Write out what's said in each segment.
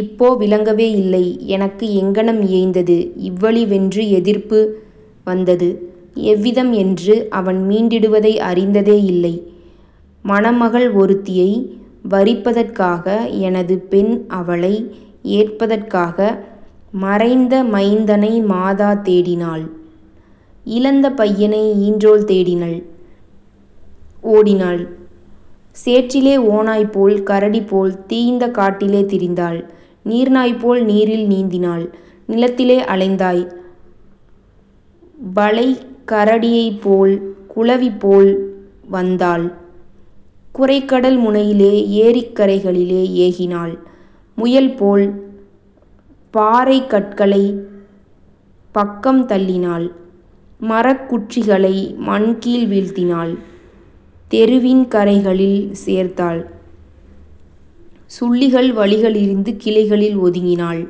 இப்போ விளங்கவே இல்லை எனக்கு எங்ஙனம் இயைந்தது இவ்வழி வென்று எதிர்ப்பு வந்தது எவ்விதம் என்று அவன்மீண் டிடுவதை அறிந்ததே யில்லை மணமகள் ஒருத்தியை வரிப்பதற் காக எனதுபெண் அவளை ஏற்பதற் காக. " மறைந்த மைந்தனை மாதா தேடினள் இழந்த பையனை ஈன்றோள் தேடினள் ஓடினாள் சேற்றிலே ஓநாய் போல கரடிபோல் தீய்ந்த காட்டிலே திரிந்தாள் நீர்நாய் போல நீரில் நீந்தினாள் நிலத்திலே அலைந்தாள் வளைக்கர டியைப்போல் குளவிபோல் வந்தாள் குரைகடல் முனையில் ஏரிக் கரைகளில் ஏகினாள் முயல்போல்; பாறைக் கற்களைப் பக்கம் தள்ளினாள் மரக்குற் றிகளை மண்கீழ் வீழ்த்தினாள் தெருவின் கரைகளில் சேர்த்தாள் சுள்ளிகள் வழிகளி லிருந்து கிளைகளை ஒதுக்கினாள்.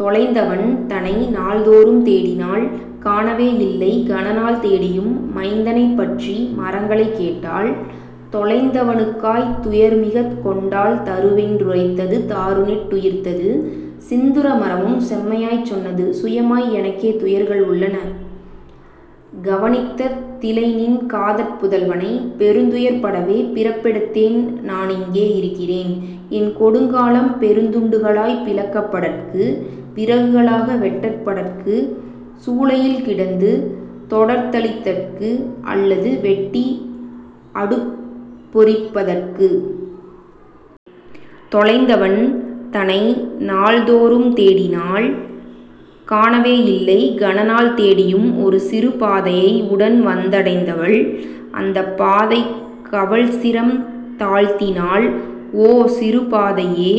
தொலைந்தவன் தனைநாள் தோறும் தேடினாள் காணவே யில்லை கனநாள் தேடியும் மைந்தனைப் பற்றி மரங்களைக் கேட்டாள் தொலைந்தவ னுக்காய்த் துயர்மிகத் கொண்டாள் தருவொன் றுரைத்தது தாருநெட் டுயிர்த்தது சிந்துர மரமும் செம்மையாய்ச் சொன்னது: "சுயமாய் எனக்கே துயர்கள் உள்ளன கவனித்த திலைநின் காதற் புதல்வனை பெருந்துயர் படவே பிறப்பெடுத் தேன்நான் இங்கே இருக்கிறேன் என்கொடுங் காலம் பெருந்துண் டுகளாய்ப் பிளக்கப் படற்கு விறகுக ளாக வெட்டப் படற்கு சூளையில் கிடந்து தொடர்தழி தற்கு அல்லது வெட்டி அடுப்பெரிப் பதற்கு. " தொலைந்தவன் தனைநாள் தோறும் தேடினாள் காணவே யில்லை கனநாள் தேடியும் ஒருசிறு பாதையை உடன்வந் தடைந்தாள் அந்தப் பாதைக் கவள்சிரம் தாழ்த்தினாள்: "ஓ, சிறு பாதையே,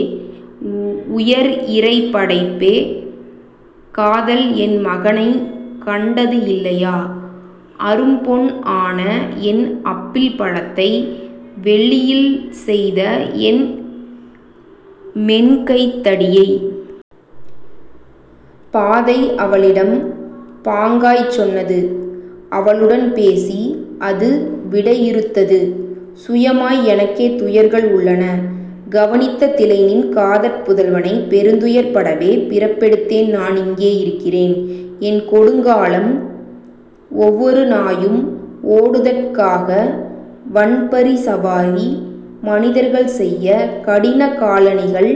உயர்இறை படைப்பே! காதல்என் மகனைக் கண்டது இல்லையா, அரும்பொன் ஆனஎன் அப்பிள் பழத்தை, வெள்ளியில் செய்தஎன் மென்கைத் தடியை? " பாதை அவளிடம் பாங்காய்ச் சொன்னது அவளுடன் பேசி அதுவிடை யிறுத்தது: "சுயமாய் எனக்கே துயர்கள் உள்ளன கவனித்த திலைநின் காதற் புதல்வனை பெருந்துயர் படவே பிறப்பெடுத் தேன்நான் இங்கே இருக்கிறேன் என்கொடுங் காலம் ஒவ்வொரு நாயும் ஓடுதற் காக வன்பரிச் சவாரி மனிதர்கள் செய்ய கடினகா லணிகள்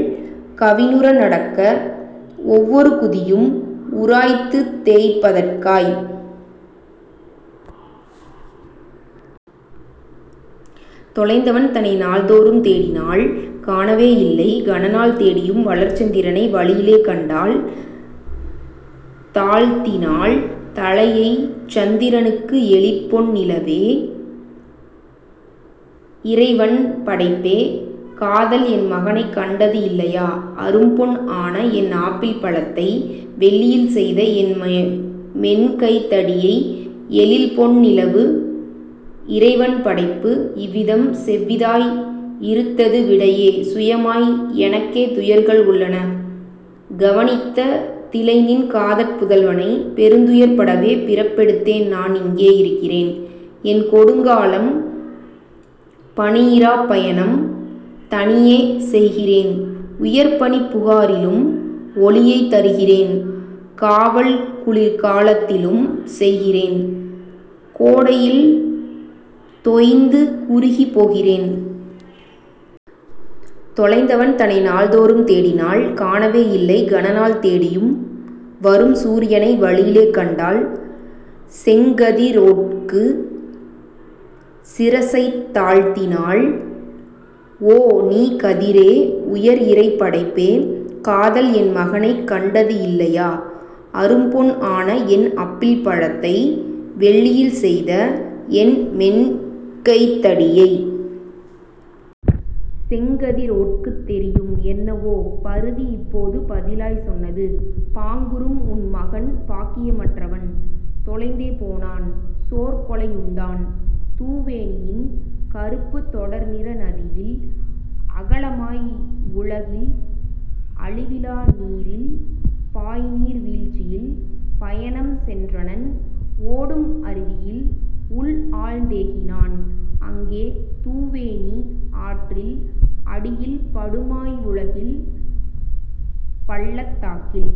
கவினுற நடக்க ஒவ்வொரு குதியும் உராய்ந்துதேய்ப் பதற்காய். " தொலைந்தவன் தனைநாள் தோறும் தேடினாள் காணவே யில்லை கனநாள் தேடியும் வளர்சந் திரனை வழியிலே கண்டாள் தாழ்த்தினாள் தலையைச் சந்திரனுக்கு: "எழிற்பொன் நிலவே, இறைவன் படைப்பே! காதல்என் மகனைக் கண்டது இல்லையா அரும்பொன் ஆனஎன் அப்பிள் பழத்தை வெள்ளியில் செய்தஎன் மென்கைத் தடியை? " எழிற்பொன் நிலவு இறைவன் படைப்பு இவ்விதம் செவ்விதாய் இறுத்தது விடையே: "சுயமாய் எனக்கே துயர்கள் உள்ளன கவனித்த திலைநின் காதற் புதல்வனை பெருந்துயர் படவே பிறப்பெடுத் தேன்நான் இங்கே இருக்கிறேன் என்கொடுங் காலம் பனிஇராப் பயணம் தனியே செய்கிறேன் உயர்பனிப் புகாரிலும் ஒளியைத் தருகிறேன் காவல் குளிர்கா லத்திலும் செய்கிறேன் கோடையில் தேய்ந்து குறுகிப் போகிறேன். " தொலைந்தவன் தனைநாள் தோறும் தேடினாள் காணவே யில்லை கனநாள் தேடியும் வரும்சூ ரியனை வழியிலே கண்டாள் செங்கதி ரோற்குச் சிரசைத் தாழ்த்தினாள்: "ஓ, நீ கதிரே, உயர்இறைப் படைப்பே! காதல்என் மகனைக் கண்டது இல்லையா அரும்பொன் ஆனஎன் அப்பிள் பழத்தை வெள்ளியில் செய்தஎன் மென்கைத் தடியை? " செங்கதி ரோற்குத் தெரியும் என்னவோ பரிதிஇப் போது பதிலாய்ச் சொன்னது: "பாங்குறும் உன்மகன் பாக்கிய மற்றவன் தொலைந்தே போனான் சோர்கொலை யுண்டான் துவோனியின் கறுப்புத் தொடர்நிற நதியில் அகலமாய் வுலகில் அழிவிலா நீரில் பாய்நீர் வீழ்ச்சியில் பயணம் சென்றனன் ஓடும் அருவியில் உள்ஆழ்ந் தேகினன் அங்கே துவோனி ஆற்றின் அடியில் படுமாய் வுலகின் பள்ளத் தாக்கில்.